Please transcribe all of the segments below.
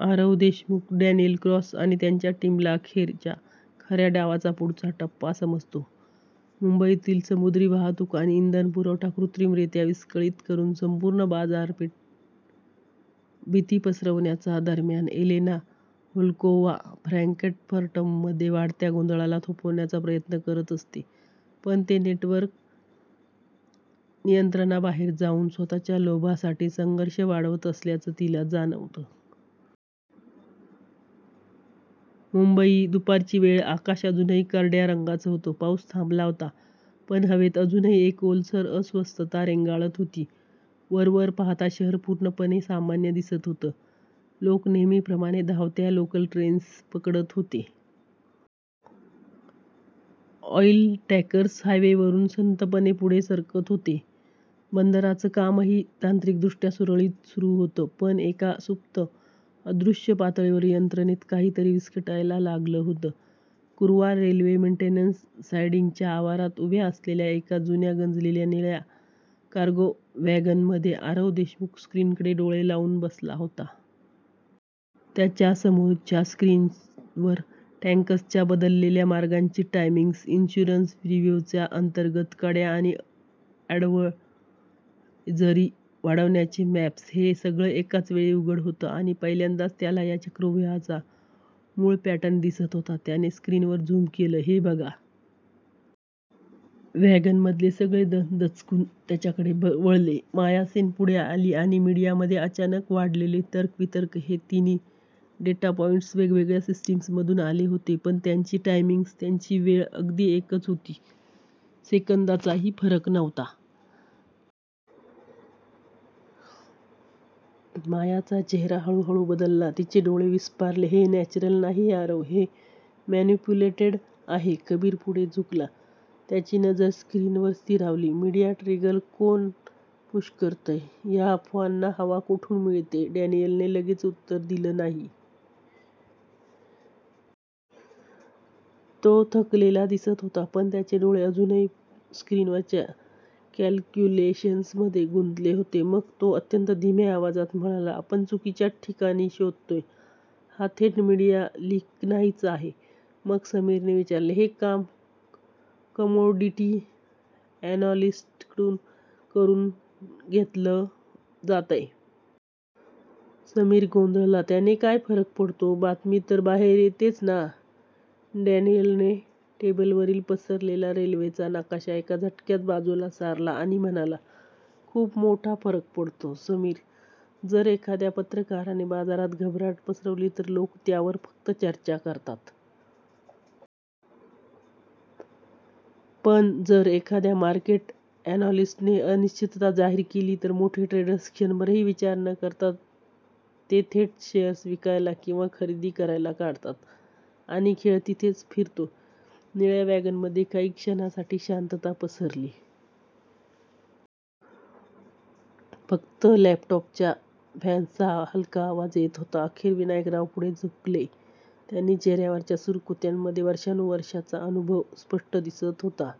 Aarav Deshmukh, Daniel Cross आणि त्यांच्या टीमला अखेर च्या खऱ्या डावाचा पुढचा टप्पा समजतो मुंबईतील समुद्री वाहतूक आणि इंधन पुरवठा कृत्रिमरीत्या विस्कळीत करून संपूर्ण बाजारात भीती पसरवण्याचा. दरम्यान एलेना व्होल्कोव्हा फ्रँकफर्टमध्ये वाढत्या गोंधळाला थोपवण्याचा प्रयत्न करत असते, पण चं नेटवर्क नियंत्रणाबाहेर जाऊन स्वतःच्या लोभासाठी संघर्ष वाढवत असल्याचं तिला जाणवतं. मुंबई, दुपारची वेळ. आकाश अजूनही करड्या रंगाचं होतं. पाऊस थांबला होता, पण हवेत अजूनही एक ओलसर अस्वस्थता रेंगाळत होती. वरवर पाहता शहर पूर्णपणे सामान्य दिसत होतं. लोक नेहमीप्रमाणे धावत्या लोकल ट्रेन्स पकडत होते. ऑईल टँकर्स हायवेवरून संथपणे पुढे सरकत होते. बंदरांचं कामही तांत्रिकदृष्ट्या सुरळीत सुरू होतं. पण एका सुप्त, अदृश्य पातळीवर यंत्रणेत काहीतरी विस्कटायला लागलं होतं. कुर्ला रेल्वे मेंटेनन्स सायडिंगच्या आवारात उभ्या असलेल्या एका जुन्या, गंजलेल्या निळ्या कार्गो वॅगनमध्ये आरव देशमुख स्क्रीनकडे डोळे लावून बसला होता. त्याच्या समोरच्या स्क्रीनवर टँकर्सच्या बदललेल्या मार्गांची टायमिंग्स, इन्शुरन्स रिव्ह्यूच्या अंतर्गत कड्या आणि ॲडव्हायझरी वाढवण्याचे मॅप्स हे सगळं एकाच वेळी उघडं होतं आणि पहिल्यांदाच त्याला या चक्रव्यूहाचा मूळ पॅटर्न दिसत होता. त्याने स्क्रीनवर झूम केलं, "हे बघा. " वॅगनमधले सगळे जण दचकून त्याच्याकडे वळले. माया सेन पुढे आली आणि मीडियामध्ये अचानक वाढलेले तर्कवितर्क हे तिन्ही डेटा पॉइंट्स वेगवेगळ्या सिस्टीम्समधून आले होते, पण त्यांची टायमिंग त्यांची वेळ अगदी एकच होती. सेकंदाचाही फरक नव्हता. मायाचा चेहरा हळूहळू बदलला. तिचे डोळे विस्फारले. "हे नॅचरल नाहीये आरव हे मॅनिपुलेटेड आहे." कबीर पुढे झुकला. त्याची नजर स्क्रीनवर स्थिरावली. "मीडिया ट्रिगर कोण पुश करतंय? या अफवांना हवा कुठून मिळतेय? " डॅनियलने लगेच उत्तर दिलं नाही. तो थकलेला दिसत होता, पण त्याचे डोळे अजूनही स्क्रीनवरच्या कॅल्क्युलेशन्समध्ये गुंतले होते. मग तो अत्यंत धीम्या आवाजात म्हणाला, "आपण चुकीच्या ठिकाणी शोधतोय. हा थेट मीडिया लीक नाहीच आहे." "मग? " समीरने विचारलं. "हे काम 'कमोडिटी ॲनालिस्ट्स' कडून करून घेतलं जातंय. " समीर गोंधळला, "त्याने काय फरक पडतो? बातमी तर बाहेर येतेच ना? " डॅनियलने टेबलवर पसरलेला रेल्वेचा नकाशा एका झटक्यात बाजूला सारला आणि म्हणाला, "खूप मोठा फरक पडतो समीर. जर एखाद्या पत्रकाराने बाजारात घबराट पसरवली तर लोक त्यावर फक्त चर्चा करतात. पण जर एखाद्या मार्केट ॲनालिस्टने अनिश्चितता जाहीर केली. तर मोठे ट्रेडर्स क्षणभरही विचार करत नाहीत. ते थेट शेअर्स विकायला किंवा खरेदी करायला काढतात आणि खेळ तिथेच फिरतो. " निळ्या वॅगनमध्ये काही क्षणांसाठी शांतता पसरली. फक्त लॅपटॉपच्या फॅन्सचा हलका आवाज येत होता. अखेर विनायकराव पुढे झुकले. त्यांच्या चेहऱ्यावरच्या सुरकुत्यांमध्ये वर्षानुवर्षांचा अनुभव स्पष्ट दिसत होता."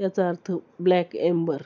याचा अर्थ 'ब्लॅक एम्बर'